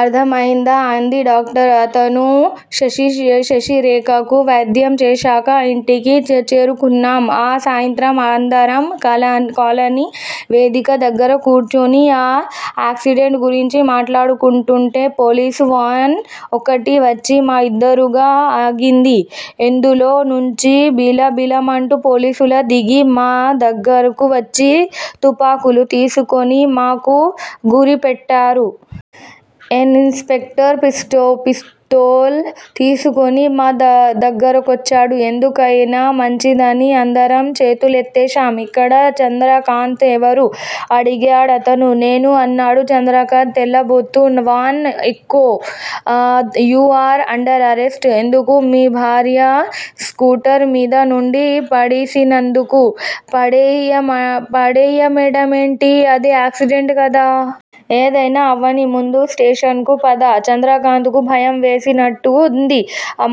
అర్ధమయిందా? అయింది డాక్టర్! అతను శశిరేఖకు వైద్యం చేశాక ఇంటికి చేరుకున్నాం. ఆ సాయంత్రం అందరం కాలనీ వేదిక దగ్గర కూర్చుని ఆ యాక్సిడెంట్ గురించి మాట్లాడుకుంటుంటే పోలీస్ వాన్ ఒకటి వచ్చి మా ఎదురుగ్గా ఆగింది. అందులో నుంచి బిలబిలమంటూ పోలీసులు దిగి మా దగ్గరకొచ్చి తుపాకులు తీసుకుని మాకు గురిపెట్టారు. ఇన్ స్పెక్టర్ పిస్టల్ తీసుకుని మా దగ్గరకొచ్చాడు. ఎందుకైనా మంచిదని అందరం చేతులెత్తేశాం. ఇక్కడ చంద్రకాంత్ ఎవరు? అడిగాడతను. నేను అన్నాడు చంద్రకాంత్ తెల్లబోతూ. వాన్ ఎక్కు! You are under arrest. ఎందుకూ? నీ భార్యను స్కూటర్ మీద నుండి పడేసినందుకు? పడేయమేంటండీ? అది యాక్సిడెంట్ కదా? ఏదైనా అవనీ. ముందు స్టేషన్ కు పద. చంద్రకాంత్ కు భయం వేసినట్లుంది.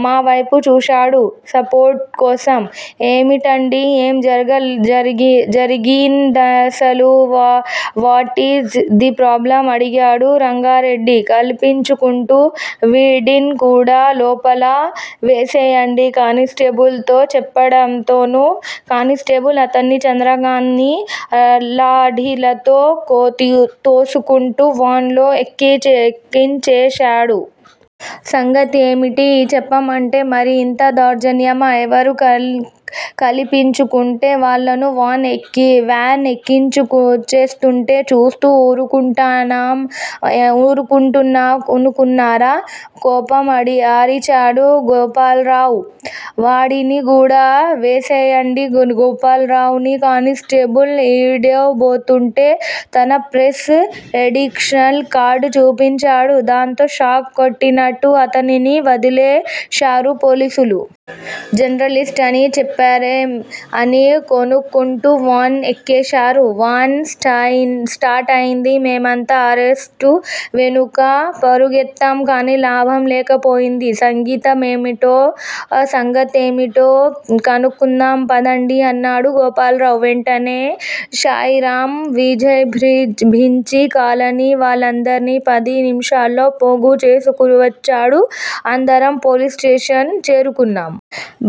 మావైపు చూశాడు సపోర్టు కోసం. ఏమిటండీ? ఏం జరిగిందసలు? వాటీజ్ ది ప్రాబ్లమ్ అడిగాడు రంగారెడ్డి కల్పించుకుంటూ. వీడ్ని కూడా లోపల వేసేయండి కానిస్టేబుల్స్ తో చెప్పాడతను. కానిస్టేబుల్స్ అతన్నీ, చంద్రకాంత్ నీ లాఠీలతో తోసుకుంటూ వాన్ లో ఎక్కించేశారు. సంగతేమిటి చెప్పమంటే మరీ ఇంత దౌర్జన్యమా? ఎవరు కల్పించుకుంటే వాళ్ళను వాన్ ఎక్కించేస్తుంటే చూస్తూ ఊరుకుంటామనుకున్నారా? కోపంగా అరిచాడు గోపాల్రావ్. వాడిని కూడా వేసెయ్యండి గోపాల్రావ్ ని కానిస్టేబుల్స్ ఈడ్వబోతుంటే తన ప్రెస్ ఎక్రిడిషన్ కార్డ్ చూపించాడు. దాంతో షాక్ కొట్టినట్లు అతనిని వదిలేశారు పోలీసులు. జర్నలిస్ట్ అని చెప్పరేం? అని గొణుక్కుంటూ వాన్ ఎక్కేశారు. వాన్ స్టార్టయింది. మేమంతా అరుస్తూ వెనుక పరుగెత్తాం కానీ లాభం లేకపోయింది. సంగతేమిటో కనుక్కుందాం పదండి అన్నాడు గోపాల్రావ్. వెంటనే శాయిరామ్ విజృంభించి కాలనీ వాళ్ళందరినీ పది నిముషాల్లో పోగు చేసుకొచ్చాడు. అందరం పోలీస్ స్టేషన్ చేరుకున్నాం.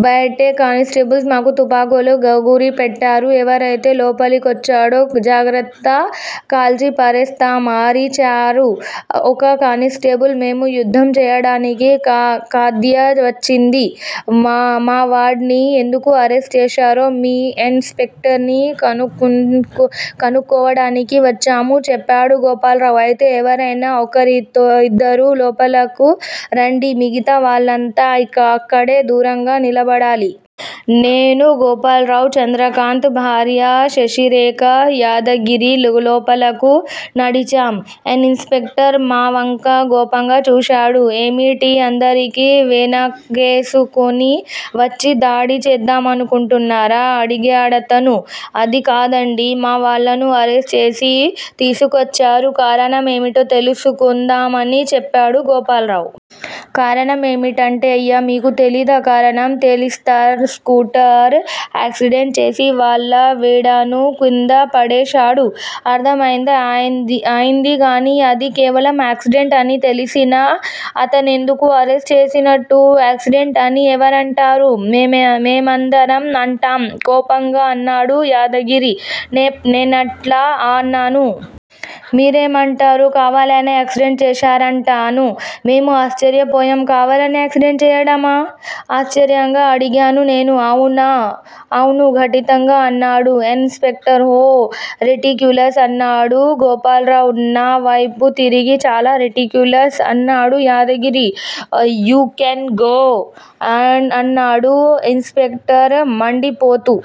బయటే కానిస్టేబుల్స్ మాకు తుపాకులు గురిపెట్టారు. ఎవడైతే లోపలికొచ్చాడో జాగ్రత్థ కాల్చిపారేస్తాం అరిచాడు ఒక కానిస్టేబుల్. మేము యుద్ధం చెయ్యడానికి కాదయ్యా వచ్చింది. మావాడిని ఎందుకరెస్ట్ చేశారో మీ ఇన్ స్పెక్టర్ ని కనుక్కోడానికొచ్చాము చెప్పాడు గోపాల్రావ్. అయితే ఎవరైనా ఒకరిద్దరు లోపలకు రండి. మిగతా వాళ్ళంతా అక్కడే దూరంగా నిలబడాలి. నేనూ, గోపాల్రావ్, చంద్రకాంత్ భార్య శశిరేఖ, యాదగిరి లోపలకు నడిచాం. ఇన్ స్పెక్టర్ మావంక కోపంగా చూశాడు. ఏమిటి, అందరినీ వేనకేసుకుని వచ్చి దాడి చేద్దామనుకుంటున్నారా? అడిగాడతను. అది కాదండి. మా వాళ్ళను అరెస్ట్ చేసి తీసుకొచ్చారు. కారణం ఏమిటో తెలుసు కుందామని చెప్పాడు గోపాల్రావ్. కారణం ఏమిటేమిటయ్యా! మీకు తెలీదా కారణం? తెలీద్సార్! స్కూటర్ యాక్సిడెంట్ చేసి వాళ్ళావిడను కింద పడేశాడు. అర్ధమైందా. అయింది గాని అది కేవలం యాక్సిడెంట్ అని తెలిసినా అతన్నెందుకు అరెస్ట్ చేసినట్లు? యాక్సిడెంట్ అని ఎవరంటారు? మేమందరం అంటాం కోపంగా అన్నాడు యాదగిరి. నేనట్లా అనను. మీరేమంటారు? కావాలనే యాక్సిడెంట్ చేశాడంటాను మేము ఆశ్చర్యపోయాం. కావాలనే యాక్సిడెంట్ చేయటమా? ఆశ్చర్యంగా అడిగాను నేను. అవను ఖండితంగా అన్నాడు ఇన్ స్పెక్టర్. How ridiculous? అన్నాడు గోపాల్రావ్ నావేపు తిరిగి. చాలా రిడిక్యులస్? అన్నాడు Yadagiri. You can go now అన్నాడు ఇన్ స్పెక్టర్ మండిపడుతూ.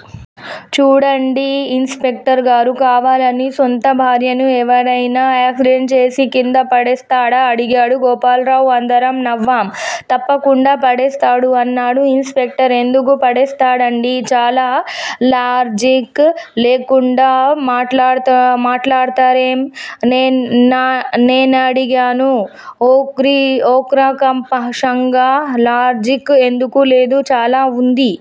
చూడండి ఇన్ స్పెక్టర్ గారూ! కావాలని సొంత భార్యను ఎవడైనా యాక్సిడెంట్ చేసి కిందపడేస్తాడా అడిగాడు గోపాల్రావ్. అందరం నవ్వాం. తప్పకుండా పడేస్తాడు అన్నాడు ఇన్ స్పెక్టర్. ఎందుకు పడేస్తాడండీ? అలా లాజిక్ లేకుండా మాట్లాడతారేం? నేనడిగాను ఉక్రోషంగా. లాజిక్ ఎందుకు లేదు? చాలా వుంది.